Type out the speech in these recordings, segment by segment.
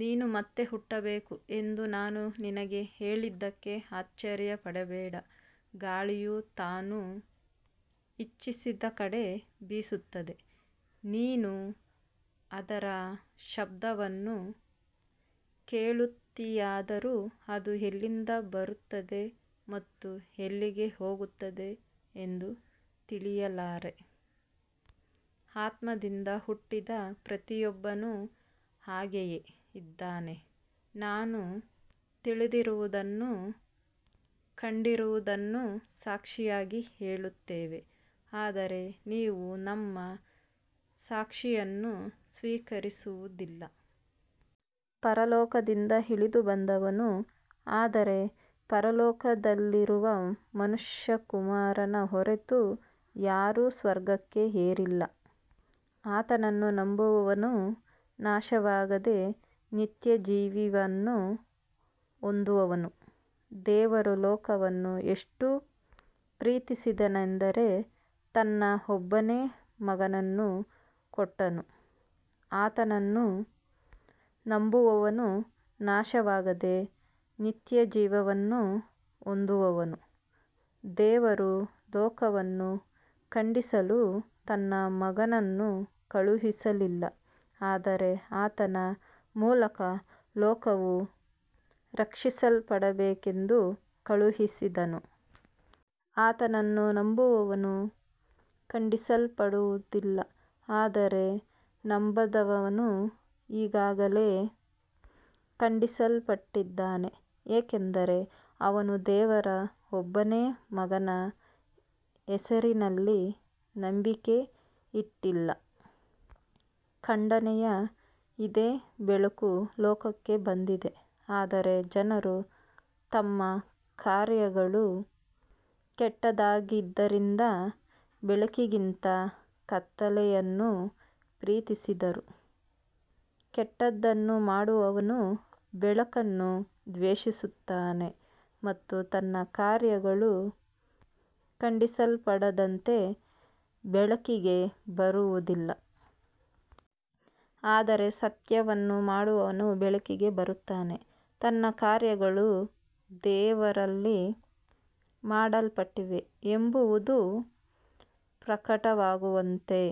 ನೀನು ಮತ್ತೆ ಹುಟ್ಟಬೇಕು ಎಂದು ನಾನು ನಿನಗೆ ಹೇಳಿದ್ದಕ್ಕೆ ಆಶ್ಚರ್ಯಪಡಬೇಡ. ಗಾಳಿಯು ತಾನು ಇಚ್ಛಿಸಿದ ಕಡೆ ಬೀಸುತ್ತದೆ. ನೀನು ಅದರ ಶಬ್ದವನ್ನು ಕೇಳುತ್ತೀಯಾದರೂ ಅದು ಎಲ್ಲಿಂದ ಬರುತ್ತದೆ ಮತ್ತು ಎಲ್ಲಿಗೆ ಹೋಗುತ್ತದೆ ಎಂದು ತಿಳಿಯಲಾರೆ. ಆತ್ಮದಿಂದ ಹುಟ್ಟಿದ ಪ್ರತಿಯೊಬ್ಬನೂ ಹಾಗೆಯೇ ಇದ್ದಾನೆ. ನಾವು ತಿಳಿದಿರುವುದನ್ನೂ ಕಂಡಿರುವುದನ್ನೂ ಸಾಕ್ಷಿಯಾಗಿ ಹೇಳುತ್ತೇವೆ, ಆದರೆ ನೀವು ನಮ್ಮ ಸಾಕ್ಷಿಯನ್ನು ಸ್ವೀಕರಿಸುವುದಿಲ್ಲ. ಪರಲೋಕದಿಂದ ಇಳಿದುಬಂದವನು, ಅಂದರೆ ಪರಲೋಕದಲ್ಲಿರುವ ಮನುಷ್ಯಕುಮಾರನ ಹೊರತು ಯಾರೂ ಸ್ವರ್ಗಕ್ಕೆ ಏರಿಲ್ಲ. ಆತನನ್ನು ನಂಬುವವನು ನಾಶವಾಗದೆ ನಿತ್ಯಜೀವವನ್ನು ಹೊಂದುವನು. ದೇವರು ಲೋಕವನ್ನು ಎಷ್ಟು ಪ್ರೀತಿಸಿದನೆಂದರೆ ತನ್ನ ಒಬ್ಬನೇ ಮಗನನ್ನು ಕೊಟ್ಟನು. ಆತನನ್ನು ನಂಬುವವನು ನಾಶವಾಗದೆ ನಿತ್ಯಜೀವವನ್ನು ಹೊಂದುವನು. ದೇವರು ಲೋಕವನ್ನು ಖಂಡಿಸಲು ತನ್ನ ಮಗನನ್ನು ಕಳುಹಿಸಲಿಲ್ಲ, ಆದರೆ ಆತನ ಮೂಲಕ ಲೋಕವು ರಕ್ಷಿಸಲ್ಪಡಬೇಕೆಂದು ಕಳುಹಿಸಿದನು. ಆತನನ್ನು ನಂಬುವವನು ಖಂಡಿಸಲ್ಪಡುವುದಿಲ್ಲ, ಆದರೆ ನಂಬದವನು ಈಗಾಗಲೇ ಖಂಡಿಸಲ್ಪಟ್ಟಿದ್ದಾನೆ, ಏಕೆಂದರೆ ಅವನು ದೇವರ ಒಬ್ಬನೇ ಮಗನ ಹೆಸರಿನಲ್ಲಿ ನಂಬಿಕೆ ಇಟ್ಟಿಲ್ಲ. ಖಂಡನೆಯು ಇದೇ, ಬೆಳಕು ಲೋಕಕ್ಕೆ ಬಂದಿದೆ, ಆದರೆ ಜನರು ತಮ್ಮ ಕಾರ್ಯಗಳು ಕೆಟ್ಟದ್ದಾಗಿದ್ದರಿಂದ ಬೆಳಕಿಗಿಂತ ಕತ್ತಲೆಯನ್ನು ಪ್ರೀತಿಸಿದರು. ಕೆಟ್ಟದ್ದನ್ನು ಮಾಡುವವನು ಬೆಳಕನ್ನು ದ್ವೇಷಿಸುತ್ತಾನೆ ಮತ್ತು ತನ್ನ ಕಾರ್ಯಗಳು ಖಂಡಿಸಲ್ಪಡದಂತೆ ಬೆಳಕಿಗೆ ಬರುವುದಿಲ್ಲ. ಆದರೆ ಸತ್ಯವನ್ನು ಮಾಡುವವನು ಬೆಳಕಿಗೆ ಬರುತ್ತಾನೆ, ತನ್ನ ಕಾರ್ಯಗಳು ದೇವರಲ್ಲಿ ಮಾಡಲ್ಪಟ್ಟಿವೆ ಎಂಬುದು ಪ್ರಕಟವಾಗುವಂತೆ.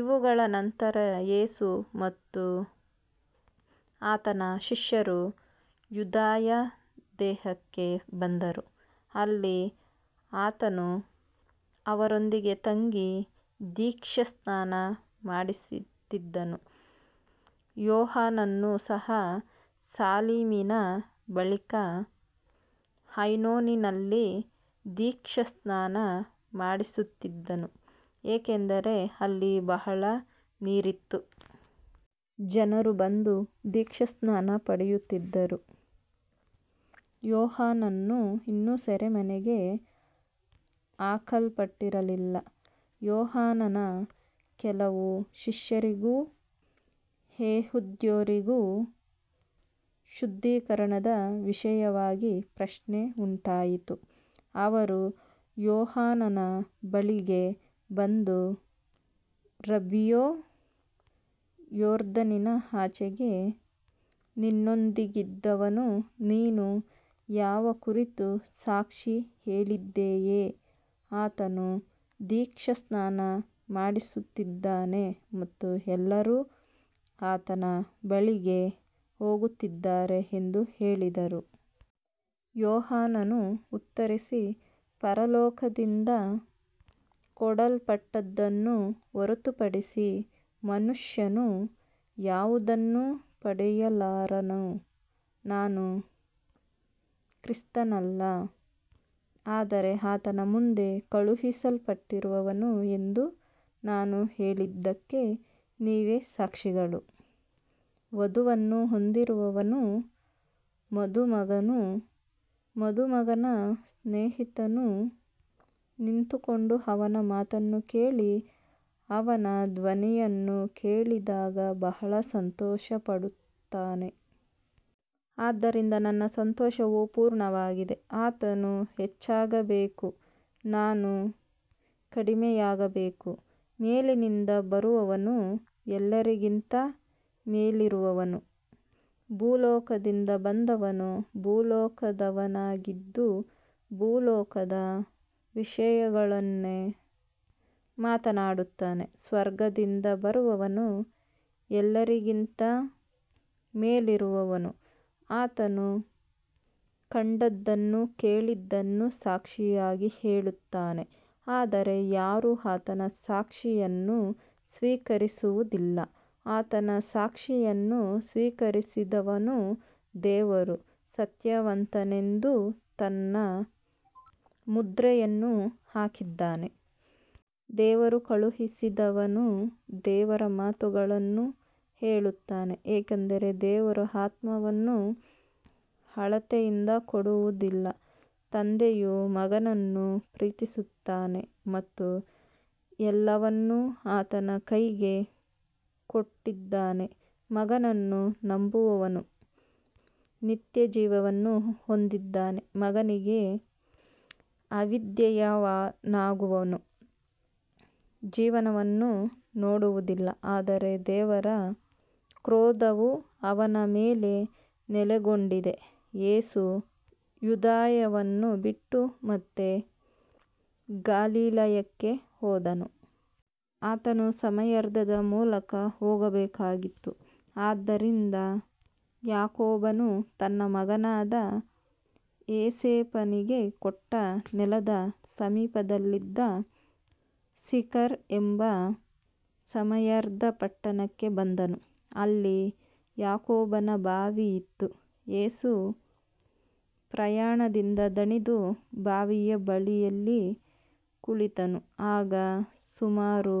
ಇವುಗಳ ನಂತರ ಯೇಸು ಮತ್ತು ಆತನ ಶಿಷ್ಯರು ಯೂದಾಯ ದೇಶಕ್ಕೆ ಬಂದರು. ಅಲ್ಲಿ ಆತನು ಅವರೊಂದಿಗೆ ತಂಗಿ ದೀಕ್ಷಾಸ್ನಾನ ಮಾಡಿಸುತ್ತಿದ್ದನು. ಯೋಹಾನನು ಸಹ ಸಾಲೀಮಿನ ಬಳಿಯ ಐನೋನಿನಲ್ಲಿ ದೀಕ್ಷಾಸ್ನಾನ ಮಾಡಿಸುತ್ತಿದ್ದನು, ಏಕೆಂದರೆ ಅಲ್ಲಿ ಬಹಳ ನೀರಿತ್ತು. ಜನರು ಬಂದು ದೀಕ್ಷಾಸ್ನಾನ ಪಡೆಯುತ್ತಿದ್ದರು. ಯೋಹಾನನು ಇನ್ನೂ ಸೆರೆಮನೆಗೆ ಹಾಕಲ್ಪಟ್ಟಿರಲಿಲ್ಲ. ಯೋಹಾನನ ಕೆಲವು ಶಿಷ್ಯರಿಗೂ ಯೆಹೂದ್ಯರಿಗೂ ಶುದ್ಧೀಕರಣದ ವಿಷಯವಾಗಿ ಪ್ರಶ್ನೆ ಉಂಟಾಯಿತು. ಅವರು ಯೋಹಾನನ ಬಳಿಗೆ ಬಂದು, ರಬ್ಬಿಯೇ, ಯೊರ್ದಾನಿನ ಆಚೆಗೆ ನಿನ್ನೊಂದಿಗಿದ್ದವನು, ನೀನು ಯಾರ ಕುರಿತು ಸಾಕ್ಷಿ ಹೇಳಿದೆಯೋ ಆತನು ದೀಕ್ಷಾಸ್ನಾನ ಮಾಡಿಸುತ್ತಿದ್ದಾನೆ ಮತ್ತು ಎಲ್ಲರೂ ಆತನ ಬಳಿಗೆ ಹೋಗುತ್ತಿದ್ದಾರೆ ಎಂದು ಹೇಳಿದರು. ಯೋಹಾನನು ಉತ್ತರಿಸಿ, ಪರಲೋಕದಿಂದ ಕೊಡಲ್ಪಟ್ಟದ್ದನ್ನು ಹೊರತುಪಡಿಸಿ ಮನುಷ್ಯನು ಯಾವುದನ್ನೂ ಪಡೆಯಲಾರನು. ನಾನು ಕ್ರಿಸ್ತನಲ್ಲ, ಆದರೆ ಆತನ ಮುಂದೆ ಕಳುಹಿಸಲ್ಪಟ್ಟವನು ಎಂದು ನಾನು ಹೇಳಿದ್ದಕ್ಕೆ ನೀವೇ ಸಾಕ್ಷಿಗಳು. ವಧುವನ್ನು ಹೊಂದಿರುವವನು ಮದುಮಗನು. ಮದುಮಗನ ಸ್ನೇಹಿತನು ನಿಂತುಕೊಂಡು ಅವನ ಮಾತನ್ನು ಕೇಳಿ ಅವನ ಧ್ವನಿಯನ್ನು ಕೇಳಿದಾಗ ಬಹಳ ಸಂತೋಷಪಡುತ್ತಾನೆ. ಆದ್ದರಿಂದ ನನ್ನ ಸಂತೋಷವು ಪೂರ್ಣವಾಗಿದೆ. ಆತನು ಹೆಚ್ಚಾಗಬೇಕು, ನಾನು ಕಡಿಮೆಯಾಗಬೇಕು. ಮೇಲಿನಿಂದ ಬರುವವನು ಎಲ್ಲರಿಗಿಂತ ಮೇಲಿರುವವನು. ಭೂಲೋಕದಿಂದ ಬಂದವನು ಭೂಲೋಕದವನಾಗಿದ್ದು ಭೂಲೋಕದ ವಿಷಯಗಳನ್ನೇ ಮಾತನಾಡುತ್ತಾನೆ. ಸ್ವರ್ಗದಿಂದ ಬರುವವನು ಎಲ್ಲರಿಗಿಂತ ಮೇಲಿರುವವನು. ಆತನು ಕಂಡದ್ದನ್ನೂ ಕೇಳಿದ್ದನ್ನೂ ಸಾಕ್ಷಿಯಾಗಿ ಹೇಳುತ್ತಾನೆ, ಆದರೆ ಯಾರೂ ಆತನ ಸಾಕ್ಷಿಯನ್ನು ಸ್ವೀಕರಿಸುವುದಿಲ್ಲ. ಆತನ ಸಾಕ್ಷಿಯನ್ನು ಸ್ವೀಕರಿಸಿದವನು ದೇವರು ಸತ್ಯವಂತನೆಂದು ತನ್ನ ಮುದ್ರೆಯನ್ನು ಹಾಕಿದ್ದಾನೆ. ದೇವರು ಕಳುಹಿಸಿದವನು ದೇವರ ಮಾತುಗಳನ್ನು ಹೇಳುತ್ತಾನೆ, ಏಕೆಂದರೆ ದೇವರು ಆತ್ಮವನ್ನು ಅಳತೆಯಿಂದ ಕೊಡುವುದಿಲ್ಲ. ತಂದೆಯು ಮಗನನ್ನು ಪ್ರೀತಿಸುತ್ತಾನೆ ಮತ್ತು ಎಲ್ಲವನ್ನೂ ಆತನ ಕೈಗೆ ಕೊಟ್ಟಿದ್ದಾನೆ. ಮಗನನ್ನು ನಂಬುವವನು ನಿತ್ಯಜೀವವನ್ನು ಹೊಂದಿದ್ದಾನೆ. ಮಗನಿಗೆ ಅವಿಧೇಯನಾಗುವವನು ಜೀವನವನ್ನು ನೋಡುವುದಿಲ್ಲ, ಆದರೆ ದೇವರ ಕ್ರೋಧವು ಅವನ ಮೇಲೆ ನೆಲೆಗೊಂಡಿದೆ. ಯೇಸು ಯೂದಾಯವನ್ನು ಬಿಟ್ಟು ಮತ್ತೆ ಗಲಿಲಾಯಕ್ಕೆ ಹೋದನು. ಆತನು ಸಮಾರ್ಯದ ಮೂಲಕ ಹೋಗಬೇಕಾಗಿತ್ತು. ಆದ್ದರಿಂದ ಯಾಕೋಬನು ತನ್ನ ಮಗನಾದ ಯೋಸೇಫನಿಗೆ ಕೊಟ್ಟ ನೆಲದ ಸಮೀಪದಲ್ಲಿದ್ದ ಸಿಖರ್ ಎಂಬ ಸಮಾರ್ಯದ ಪಟ್ಟಣಕ್ಕೆ ಬಂದನು. ಅಲ್ಲಿ ಯಾಕೋಬನ ಬಾವಿ ಇತ್ತು. ಯೇಸು ಪ್ರಯಾಣದಿಂದ ದಣಿದು ಬಾವಿಯ ಬಳಿಯಲ್ಲಿ ಕುಳಿತನು. ಆಗ ಸುಮಾರು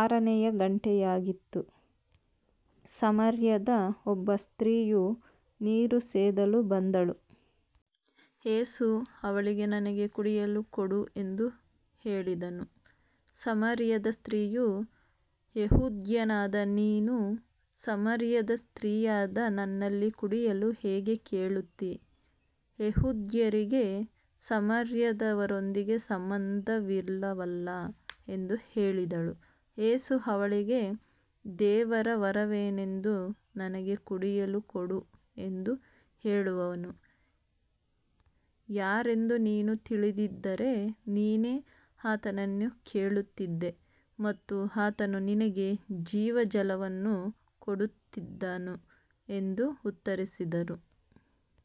ಆರನೆಯ ಗಂಟೆಯಾಗಿತ್ತು. ಸಮಾರ್ಯದ ಒಬ್ಬ ಸ್ತ್ರೀಯು ನೀರು ಸೇದಲು ಬಂದಳು. ಯೇಸು ಅವಳಿಗೆ, ನನಗೆ ಕುಡಿಯಲು ಕೊಡು ಎಂದು ಹೇಳಿದನು. ಸಮಾರ್ಯದ ಸ್ತ್ರೀಯು, ಯೆಹೂದ್ಯನಾದ ನೀನು ಸಮಾರ್ಯದ ಸ್ತ್ರೀಯಾದ ನನ್ನಲ್ಲಿ ಕುಡಿಯಲು ಹೇಗೆ ಕೇಳುತ್ತೀ. ಯೆಹೂದ್ಯರಿಗೆ ಸಮಾರ್ಯದವರೊಂದಿಗೆ ಸಂಬಂಧವಿಲ್ಲವಲ್ಲ ಎಂದು ಹೇಳಿದಳು. ಯೇಸು ಅವಳಿಗೆ, ದೇವರ ವರವೇನೆಂದೂ ನನಗೆ ಕುಡಿಯಲು ಕೊಡು ಎಂದು ಹೇಳುವವನು ಯಾರೆಂದೂ ನೀನು ತಿಳಿದಿದ್ದರೆ, ನೀನೇ ಆತನನ್ನು ಕೇಳುತ್ತಿದ್ದೆ ಮತ್ತು ಆತನು ನಿನಗೆ ಜೀವಜಲವನ್ನು ಕೊಡುತ್ತಿದ್ದನು ಎಂದು ಉತ್ತರಿಸಿದನು.